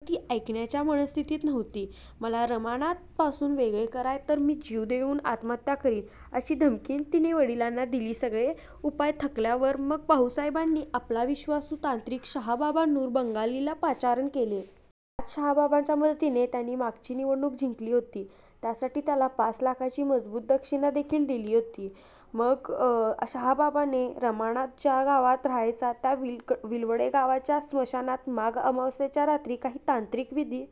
पण ती ऐकण्याच्या मनस्थितीत नव्हती"मला रमानाथ पासून वेगळे कराल तर मी जीव देवून आत्महत्या करीन" अशी धमकीही तिने वडिलांना दिलीसगळे उपाय थकल्या वर मग भाऊसाहेबांनी आपला विश्वासू तांत्रिक शाह बाबा नूर बंगाली ला पाचारण केले. याच शाह बाबाच्या मदतीने त्यांनी मागची निवडणूक जिंकली होतीत्यासाठी त्याला पाच लाखाची मजबूत दक्षिणा देखील दिली होतीमग शाह बाबाने रमानाथ ज्या गावात राहायचा त्या विलवडे गावाच्या स्मशानात माघ अमावास्येच्या रात्री काही तांत्रिक विधी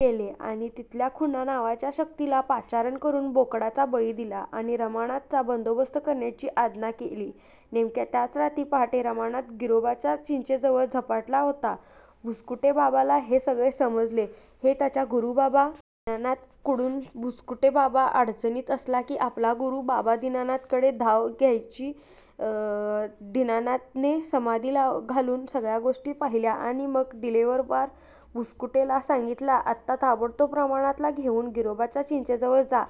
केले, आणि तिथल्या "खुन्या" नावच्या शक्तीला पाचारण करून बोकडाचा बळी दिलाआणि रमानाथ चा बंदोबस्त करण्याची आज्ञा केलीनेमक्या त्याच रात्री पहाटे रमानाथ गिरोबाच्या चिंचेजवळ झपाटला होताभुसकुटे बाबाला हे सगळे समजले ते त्याच्या गुरु बाबा दीनानाथ कडूनभुसकुटे बाबा अडचणीत असला की आपला गुरु बाबा दीनानाथ कडे धाव घ्यायचादीनानाथ ने समाधी लावून सगळ्या गोष्टी पाहिल्या आणि मग डिटेलवार भुसकुटे ला सांगितल्याआता ताबडतोब रमानाथ ला घेवून गिरोबाच्या चिंचेजवळ जा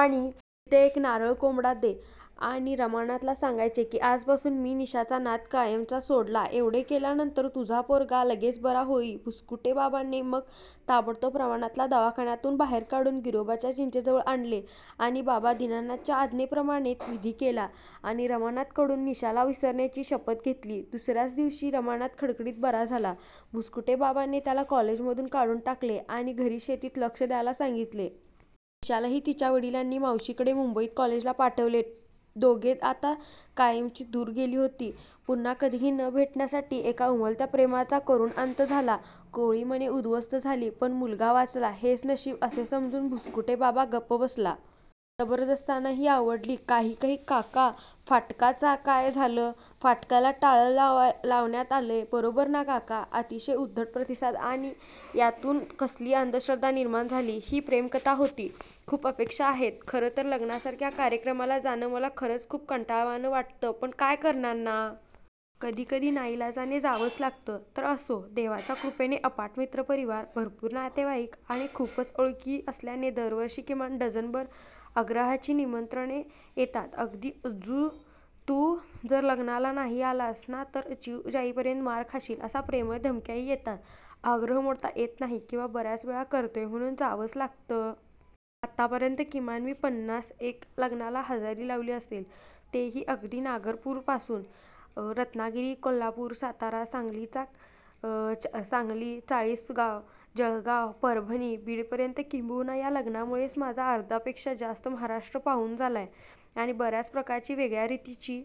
आणि तिथे एक नारळ कोंबडा दे आणि रमानाथ ला सांगायचे की आजपासून मी निशाचा नाद कायमचा सोडलाएवढे केल्यानंतर तुझा पोरगा लगेच बरा होईलभुसकुटे बाबाने मग ताबडतोब रमानाथ ला दवाखान्यातून बाहेर काढून गिरोबाच्या चिंचे जवळ आणले, आणि बाबा दीनानाथच्या आज्ञेप्रमाणे विधी केला आणि रमानाथ कडून निशाला विसरण्याची शपथ घेतलीदुसर्यारच दिवशी रमानाथ खडखडीत बरा झाला, भुसकुटे बाबाने त्याला कॉलेज मधून काढून टाकलेआणि घरी शेतीत लक्ष द्यायला सांगितले.. निशालाही तिच्या वडिलांनी मावशीकडे मुंबईत कॉलेजला पाठवलेटी दोघे आता कायमची दूर गेली होती.. पुन्हा कधीही न भेटण्यासाठीएका उमलत्या प्रेमाचा करुण अंत झाला, कोवळी मने उद्ध्वस्त झालीपण मुलगा वाचला हेच नशीब असे समजून भुसकुटे बाबा गप्प बसला! जबरदस्तनाही आवडली.. काहीहीकाका, फाटकाच काय झाल???? फाटकाला टाळं लावण्यात आलंय. बरोबर ना काका. अतिशय उद्धट प्रतिसाद आणी यातून कसली अंधश्रद्धा निर्माण झाली. ही प्रेमकथा होती?.. खुप अपेक्षा आहेत खरंतरं लग्नासारख्या कार्यक्रमाला जाणं मला खरचं खुप कंटाळणवाणं वाटतं पण काय करणार ना? कधी कधी नाईलाजाने जावचं लागत. तर असो, देवाच्या कृपेने अफाट मित्रपरिवार, भरपूर नातेवाईक आणि खुपच ओळखी असल्याने दरवर्षी किमान डझनभर आग्रहाची निमंत्रणे येतात अगदी "अज्जु तु जर लग्नाला नाही आलास ना तर जीव जाईपर्यंत मार खाशील" अशा प्रेमळ धमक्याही येतात, आग्रह मोडता येत नाही किंवा बर्याचवेळा कर्तव्य म्हणून जावचं लागतं. आतापर्यंत किमान मी पन्नास एक लग्नाला हजेरी लावली असेल.. ते ही अगदी नागपूरपासून रत्नागिरी, कोल्हापूर, सातारा, सांगली, चाळीसगाव, जळगाव, परभणी, बीडपर्यंत किंबहुना ह्या लग्नांमुळेच माझा अर्ध्यापेक्षा जास्त महाराष्ट्र पाहून झालाय आणि बर्याच प्रकारची, वेगळ्या रितीची